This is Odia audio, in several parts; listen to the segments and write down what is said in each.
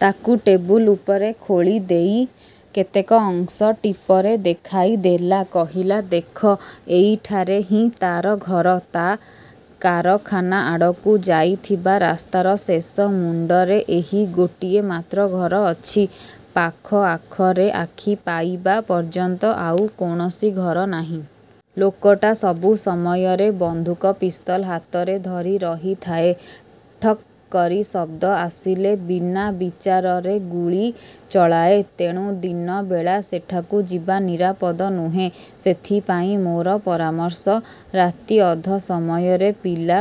ତାକୁ ଟେବୁଲ ଉପରେ ଖୋଳିଦେଇ କେତେକ ଅଂଶ ଟିପରେ ଦେଖାଇଦେଲା। କହିଲା, ''ଦେଖ, ଏଇଠାରେ ହିଁ ତାର ଘର। ତା କାରଖାନା ଆଡ଼କୁ ଯାଇଥିବା ରାସ୍ତାର ଶେଷମୁଣ୍ଡରେ ଏହି ଗୋଟିଏ ମାତ୍ର ଘର ଅଛି। ପାଖଆଖରେ ଆଖି ପାଇବା ପର୍ଯ୍ୟନ୍ତ ଆଉ କୌଣସି ଘର ନାହିଁ। ଲୋକଟା ସବୁ ସମୟରେ ବନ୍ଧୁକ ପିସ୍ତଲ ହାତରେ ଧରି ରହିଥାଏ। ଠକ୍ କରି ଶବ୍ଦ ଆସିଲେ ବିନାବିଚାରରେ ଗୁଳି ଚଳାଏ। ତେଣୁ ଦିନବେଳା ସେଠାକୁ ଯିବା ନିରାପଦ ନୁହେଁ। ସେଥିପାଇଁ ମୋର ପରାମର୍ଶ, ରାତି ଅଧ ସମୟରେ, ପିଲା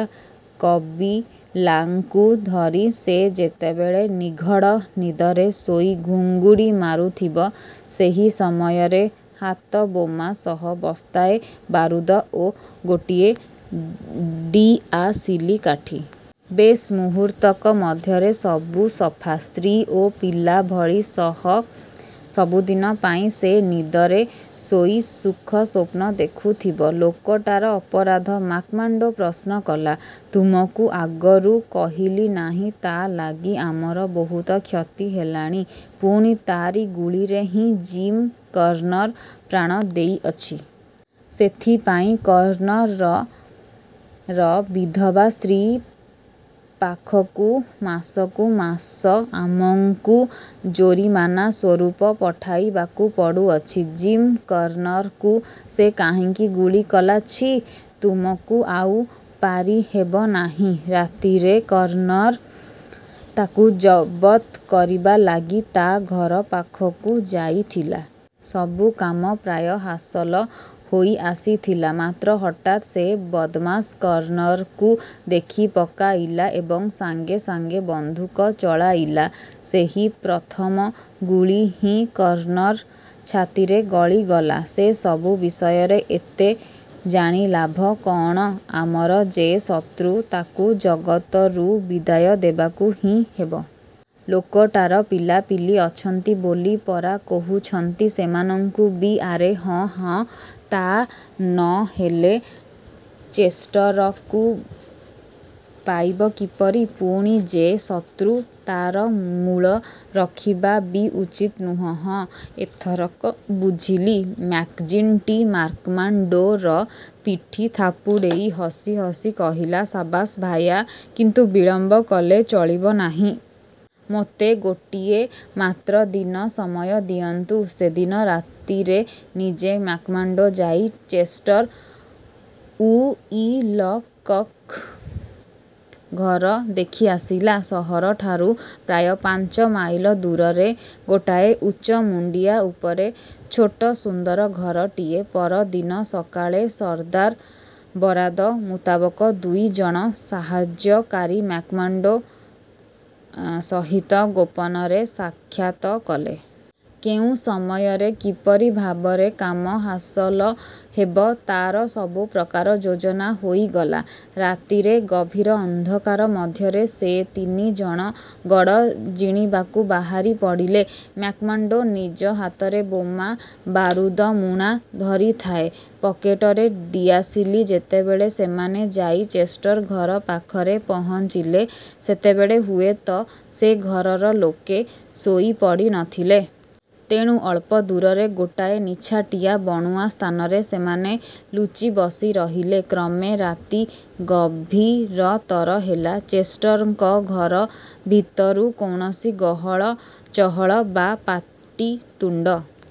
କବିଲାଙ୍କୁ ଧରି ସେ ଯେତେବେଳେ ନିଘଢ଼ ନିଦରେ ଶୋଇ ଘୁଙ୍ଗୁଡ଼ି ମାରୁଥିବ, ସେହି ସମୟରେ ହାତବୋମା ସହ ବସ୍ତାଏ ବାରୁଦ ଓ ଗୋଟିଏ ଡିଆସିଲି କାଠି। ବେଶ୍, ମୁହୂର୍ତ୍ତକ ମଧ୍ୟରେ ସବୁ ସଫା। ସ୍ତ୍ରୀ ଓ ପିଲାଭଳି ସହ ସବୁ ଦିନ ପାଇଁ ସେ ନିଦରେ ଶୋଇ ସୁଖସ୍ୱପ୍ନ ଦେଖୁଥିବ। '' ''ଲୋକଟାର ଅପରାଧ? '' -ମ୍ୟାକ୍ମାର୍ଡ଼ୋ ପ୍ରଶ୍ନ କଲା। ''ତୁମକୁ ଆଗରୁ କହିଲି ନାହିଁ-ତା ଲାଗି ଆମର ବହୁତ କ୍ଷତି ହେଲାଣି; ପୁଣି ତାରି ଗୁଳିରେ ହିଁ ଜିମ୍ କର୍ଣ୍ଣର ପ୍ରାଣ ଦେଇଅଛି। ସେଥିପାଇଁ କର୍ଣ୍ଣରର ବିଧବା ସ୍ତ୍ରୀ ପାଖକୁ ମାସକୁ ମାସ ଆମଙ୍କୁ ଜୋରିମାନା ସ୍ୱରୂପ ପଠାଇବାକୁ ପଡ଼ୁଅଛି। '' ''ଜିମ୍ କର୍ଣ୍ଣରକୁ ସେ କାହିଁକି ଗୁଳି କଲା? '' ''ଛିଃ, ତୁମକୁ ଆଉ ପାରିହେବ ନାହିଁ। ରାତିରେ କର୍ଣ୍ଣର ତାକୁ ଜବତ୍ କରିବା ଲାଗି ତା ଘରପାଖକୁ ଯାଇଥିଲା। ସବୁ କାମ ପ୍ରାୟ ହାସଲ ହୋଇଆସିଥିଲା। ମାତ୍ର ହଠାତ୍ ସେ ବଦ୍ମାସ କର୍ଣ୍ଣରକୁ ଦେଖି ପକାଇଲା ଏବଂ ସାଙ୍ଗେସାଙ୍ଗେ ବନ୍ଧୁକ ଚଳାଇଲା। ସେହି ପ୍ରଥମ ଗୁଳି ହିଁ କର୍ଣ୍ଣର ଛାତିରେ ଗଳିଗଲା। ସେସବୁ ବିଷୟରେ ଏତେ ଜାଣି ଲାଭ କଅଣ? ଆମର ଯେ ଶତ୍ରୁ, ତାକୁ ଜଗତରୁ ବିଦାୟ ଦେବାକୁ ହିଁ ହେବ। '' ''ଲୋକଟାର ପିଲାପିଲି ଅଛନ୍ତି ବୋଲି ପରା କହୁଛନ୍ତି? ସେମାନଙ୍କୁ ବି '' ''ଆରେ ହଁ, ହଁ। ତା ନ ହେଲେ ଚେଷ୍ଟରକୁ ପାଇବ କିପରି? ପୁଣି ଯେ ଶତ୍ରୁ, ତାର ମୂଳ ରଖିବା ବି ଉଚିତ ନୁହେଁ। '' ''ହଁ, ଏଥରକ ବୁଝିଲି। '' ମ୍ୟାକ୍ଜିଣ୍ଟି ମ୍ୟାକ୍ମାର୍ଡ଼ୋର ପିଠି ଥାପୁଡ଼େଇ ହସିହସି କହିଲା, ''ସାବାସ୍ ଭାୟା; କିନ୍ତୁ ବିଳମ୍ବ କଲେ ଚଳିବ ନାହିଁ। '' ''ମୋତେ ଗୋଟିଏ ମାତ୍ର ଦିନ ସମୟ ଦିଅନ୍ତୁ। '' ସେଦିନ ରାତିରେ ନିଜେ ମ୍ୟାକ୍ମାର୍ଡ଼ୋ ଯାଇ ଚେଷ୍ଟର ଉଇଲକକ୍ ଘର ଦେଖି ଆସିଲା-। ସହରଠାରୁ ପ୍ରାୟ ପାଞ୍ଚମାଇଲ ଦୂରରେ ଗୋଟାଏ ଉଚ୍ଚ ମୁଣ୍ଡିଆ ଉପରେ ଛୋଟ ସୁନ୍ଦର ଘରଟିଏ-। ପର ଦିନ ସକାଳେ ସର୍ଦ୍ଦାର ବରାଦ ମୁତାବକ ଦୁଇ ଜଣ ସାହାଯ୍ୟକାରୀ ମ୍ୟାକ୍ମାର୍ଡ଼ୋ ସହିତ ଗୋପନରେ ସାକ୍ଷାତ କଲେ। କେଉଁ ସମୟରେ କିପରି ଭାବରେ କାମ ହାସଲ ହେବ, ତାର ସବୁ ପ୍ରକାର ଯୋଜନା ହୋଇଗଲା। ରାତିରେ ଗଭୀର ଅନ୍ଧକାର ମଧ୍ୟରେ ସେ ତିନି ଜଣ ଗଡ଼ ଜିଣିବାକୁ ବାହାରିପଡ଼ିଲେ। ମ୍ୟାକ୍ମାର୍ଡ଼ୋ ନିଜ ହାତରେ ବୋମା, ବାରୁଦମୁଣା ଧରିଥାଏ। ପକେଟରେ ଡିଆସିଲି। ଯେତେବେଳେ ସେମାନେ। ଯାଇ ଚେଷ୍ଟର ଘର ପାଖରେ ପହଞ୍ଚିଲେ, ସେତେବେଳେ ହୁଏ ତ ସେ ଘରର ଲୋକେ ଶୋଇପଡ଼ି ନ ଥିଲେ। ତେଣୁ ଅଳ୍ପ ଦୂରରେ ଗୋଟାଏ ନିଛାଟିଆ ବଣୁଆ ସ୍ଥାନରେ ସେମାନେ ଲୁଚି ବସିରହିଲେ। କ୍ରମେ ରାତି ଗଭୀରତର ହେଲା। ଚେଷ୍ଟରଙ୍କ ଘର ଭିତରୁ କୌଣସି ଗହଳ ଚହଳ ବା ପାଟିତୁଣ୍ଡ